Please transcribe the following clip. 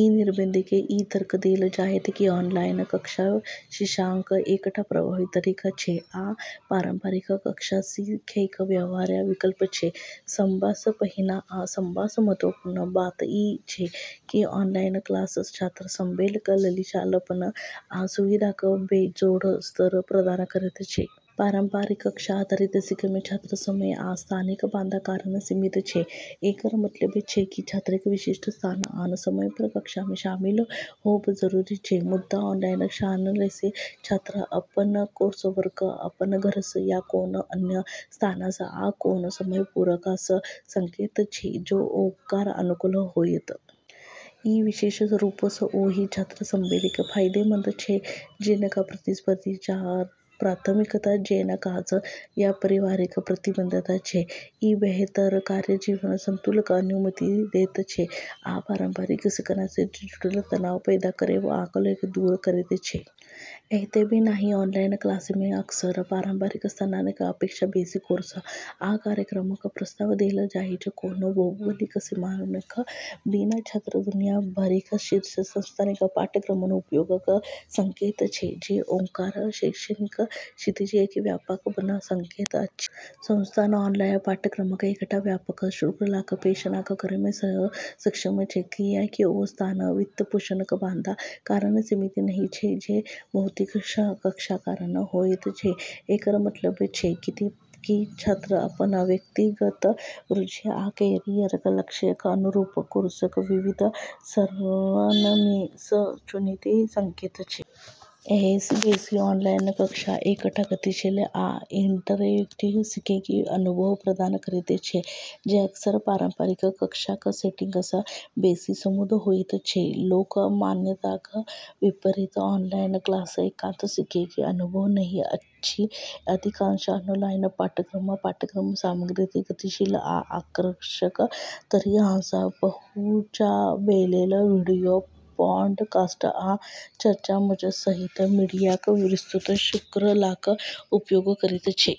ई निबंधमे ई तर्क देल जायत कि ऑनलाइन कक्षा शिक्षाक एकटा प्रभावी तरीका छै आ पारंपरिक कक्षा सीखैक व्यवहार्य विकल्प छै। सबसँ पहिने आ सबसँ महत्वपूर्ण बात ई छै कि ऑनलाइन क्लास छात्र सभलेल लचीलापन आ सुविधाक बेजोड़ स्तर प्रदान करैत छै। पारंपरिक कक्षा आधारित सीखैमे छात्र समय आ स्थानक बाधा कारण सीमित छै। एकर मतलब छै कि छात्रकेँ विशिष्ट स्थान आ समयपर कक्षामे शामिल होबऽ जरूरी छै। मुदा, ऑनलाइन लर्निंगसँ छात्र अपन कोर्सवर्क अपन घरसँ, या कोनो अन्य स्थानसँ आ कोनो समयपर पूरा कऽ सकैत छै जे ओकरा अनुकूल होयत। ई विशेष रूपसँ ओहि छात्र सभलेल फायदेमंद छै जिनका प्रतिस्पर्धी प्राथमिकता जेना काज या पारिवारिक प्रतिबद्धता छै। ई बेहतर कार्य-जीवन संतुलनक अनुमति दैत छै आ पारंपरिक सीखनाइसँ जुड़ल तनाव पैदा करै वालाकेँ दूर करैत छै। एतबे नहि, ऑनलाइन क्लासमे अक्सर पारंपरिक संस्थानक अपेक्षा बेसि कोर्स आ कार्यक्रमक प्रस्ताव देल जाइछ। कोनो भौगोलिक सीमाक बिना छात्र दुनिया भरिक शीर्ष संस्थानसँ पाठ्यक्रमक उपयोग कऽ सकैत छै, जे ओकर शैक्षिक क्षितिजकेँ व्यापक बना सकैत अछि। संस्थान ऑनलाइन पाठ्यक्रमक एकटा व्यापक श्रृंखलाक पेशकश करैमे सेहो सक्षम छै, कियाकि ओ स्थान या वित्तपोषणक बाधा कारण सीमित नहि छै जे भौतिक कक्षा कारण होइत छै। एकर मतलब छै कि छात्र अपन व्यक्तिगत रुचि आ कैरियरक लक्ष्यक अनुरूप कोर्सक विविध सरणीमे सँ चुनि सकैत छै। एहिसँ बेसि, ऑनलाइन कक्षा एकटा गतिशील आ इंटरैक्टिव सीखैक अनुभव प्रदान करैत छै जे अक्सर पारंपरिक कक्षाक सेटिंगसँ बेसि समृद्ध होइत छै। लोक मान्यताक विपरीत ऑनलाइन क्लास एकांत सीखैक अनुभव नहि अछि। अधिकांश ऑनलाइन पाठ्यक्रम पाठ्यक्रम सामग्रीकेँ गतिशील आ आकर्षक तरीकासँ पहुँचाबैलेल वीडियो, पॉडकास्ट, आ चर्चा मंच सहित मीडियाक विस्तृत श्रृंखलाक उपयोग करैत छै।